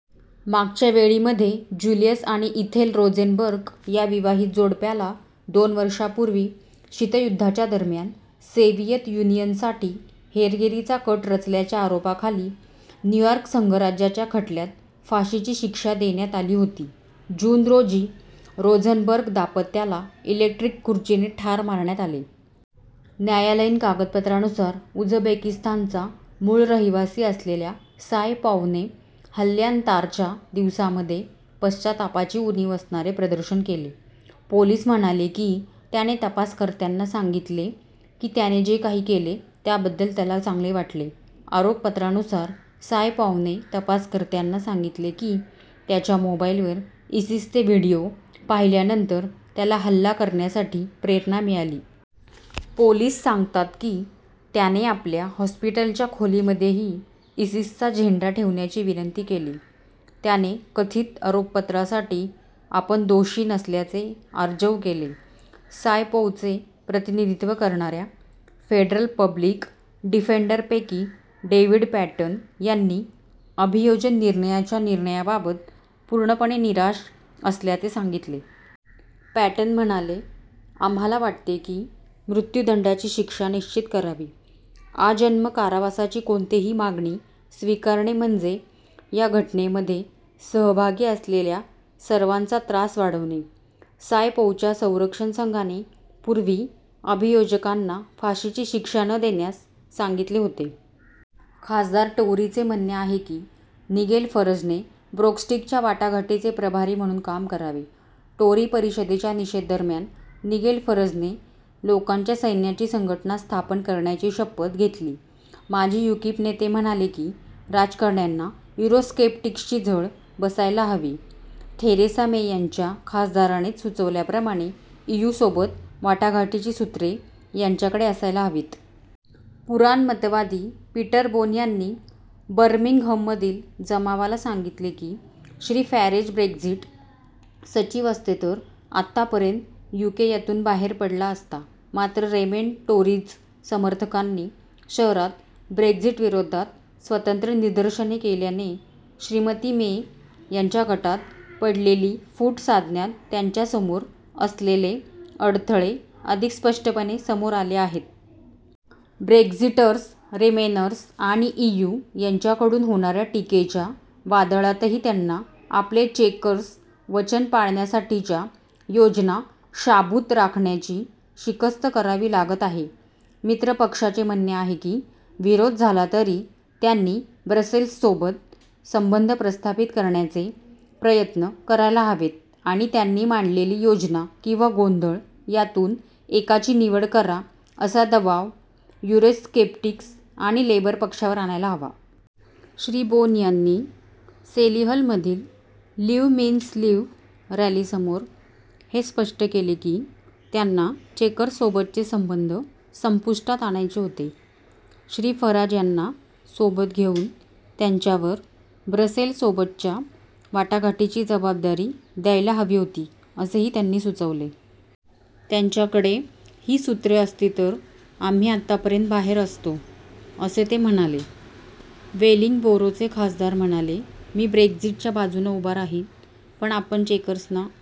मागच्या वेळी मध्ये जुलियस आणि इथेल रोझेनबर्ग, या विवाहित जोडप्याला दोन वर्षापूर्वी शीतयुद्धाच्या दरम्यान सोव्हियत युनियनसाठी हेरगिरीचा कट रचल्याच्या आरोपाखाली न्यूयॉर्क संघराज्याच्या खटल्यात फाशीची शिक्षा देण्यात आली होती. जून, रोजी रोझनबर्ग दांपत्याला इलेक्ट्रिक खुर्चीने ठार मारण्यात आले. न्यायालयीन कागदपत्रांनुसार, उझबेकिस्तानचा मूळ रहिवासी, असलेल्या सायपॉव्हने, हल्ल्यानान्तार्च्या दिवसांमध्ये पश्चातापाची उणीव असणारे प्रदर्शन केले. पोलीस म्हणाले की त्याने तपासकर्त्यांना सांगितले की त्याने जे काही केले त्याबद्दल त्याला चांगले वाटले. आरोपपत्रानुसार, सायपॉव्हने तपासकर्त्यांना सांगितले कि, त्याच्या मोबाईलवर इसीसचे व्हिडीओ पाहिल्यानंतर त्याला हल्ला करण्यासाठी प्रेरणा मिळाली. पोलीस सांगतात कि, त्याने आपल्या हॉस्पिटलच्या खोलीमध्येही इसीसचा झेंडा ठेवण्याची विनंती केली. त्याने कथित आरोपपत्रासाठी आपण दोषी नसल्याचे आर्जव केले. सायपोव्हचे प्रतिनिधीत्व करणाऱ्या फेडरल पब्लिक डिफेंडरंपैकी डेव्हिड पॅटन यांनी अभियोजन निर्णयाच्या निर्णयाबाबत "पूर्णपणे निराश" असल्याचे सांगितले. पॅटन म्हणाले, "आम्हाला वाटते की मृत्युदंडाची शिक्षा निश्चित करावी, आजन्म कारावासाची कोणतीही मागणी स्वीकारणे म्हणजे या घटनेमध्ये सहभागी असलेल्या सर्वांचा त्रास वाढवणे. सायपोव्हच्या संरक्षण संघाने पूर्वी अभियोजकांना फाशीची शिक्षा न देण्यास सांगितले होते. खासदार टोरीचे म्हणे आहे की, निगेल फरजने ब्रेक्सिटच्या वाटाघाटीचे प्रभारी म्हणून काम करावे. टोरी परिषदेच्या निषेध दरम्यान निगेल फरजने 'लोकांच्या सैन्याची संघटना' स्थापन करण्याची शपथ घेतली. माजी यूकिप नेते म्हणाले की राजकारण्यांना युरोस्केप्टिक्सची झळ बसायला हवी- थेरेसा मे यांच्या खासदारानेच सुचवल्याप्रमाणे, ईयूसोबत वाटाघाटीची सूत्रे त्यांच्याकडे असायला हवीत. पुराणमतवादी पीटर बोन यांनी बर्मिंगहममधील जमावाला सांगितले की श्री. फॅरेज ब्रेक्झिट सचिव असते तर आतापर्यंत यूके 'यातून बाहेर पडला असता'. मात्र, रेमेन टोरीज समर्थकांनी शहरात ब्रेक्झिटविरोधात स्वतंत्र निदर्शने केल्याने श्रीमती मे यांच्या गटात पडलेली फूट सांधण्यात त्यांच्यासमोर असलेले अडथळे अधिक स्पष्टपणे समोर आले आहेत. ब्रेक्झिटर्स, रीमेनर्स आणि ईयू यांच्याकडून होणाऱ्या टीकेच्या वादळातही त्यांना आपले चेकर्स वचन पाळण्यासाठीच्या योजना शाबूत राखण्याची शिकस्त करावी लागत आहे. मित्र पक्षांचे म्हणणे आहे की विरोध झाला तरी त्यांनी ब्रसेल्ससोबत संबंध प्रस्थापित करण्याचे प्रयत्न करायला हवेत आणि त्यांनी मांडलेली योजना किंवा 'गोंधळ' यातून एकाची निवड करा असा दबाव युरोस्केप्टिक्स आणि लेबर पक्षावर आणायला हवा. श्री. बोन यांनी सोलिहलमधील लीव्ह मीन्स लीव्ह रॅलीसमोर हे स्पष्ट केले की त्यांना 'चेकर्ससोबतचे संबंध संपुष्टात आणायचे होते'. श्री. फराज यांना सोबत घेऊन त्यांच्यावर ब्रसेल्ससोबतच्या वाटाघाटींची जबाबदारी द्यायला हवी होती, असेही त्यांनी सुचवले. त्यांच्याकडे ही सुत्रे असती तर आम्ही आतापर्यंत बाहेर असतो,' असे ते म्हणाले. वेलिंगबोरोचे खासदार म्हणाले: "मी ब्रेक्झिटच्या बाजून उभा राहीन, पण आपण चेकर्सना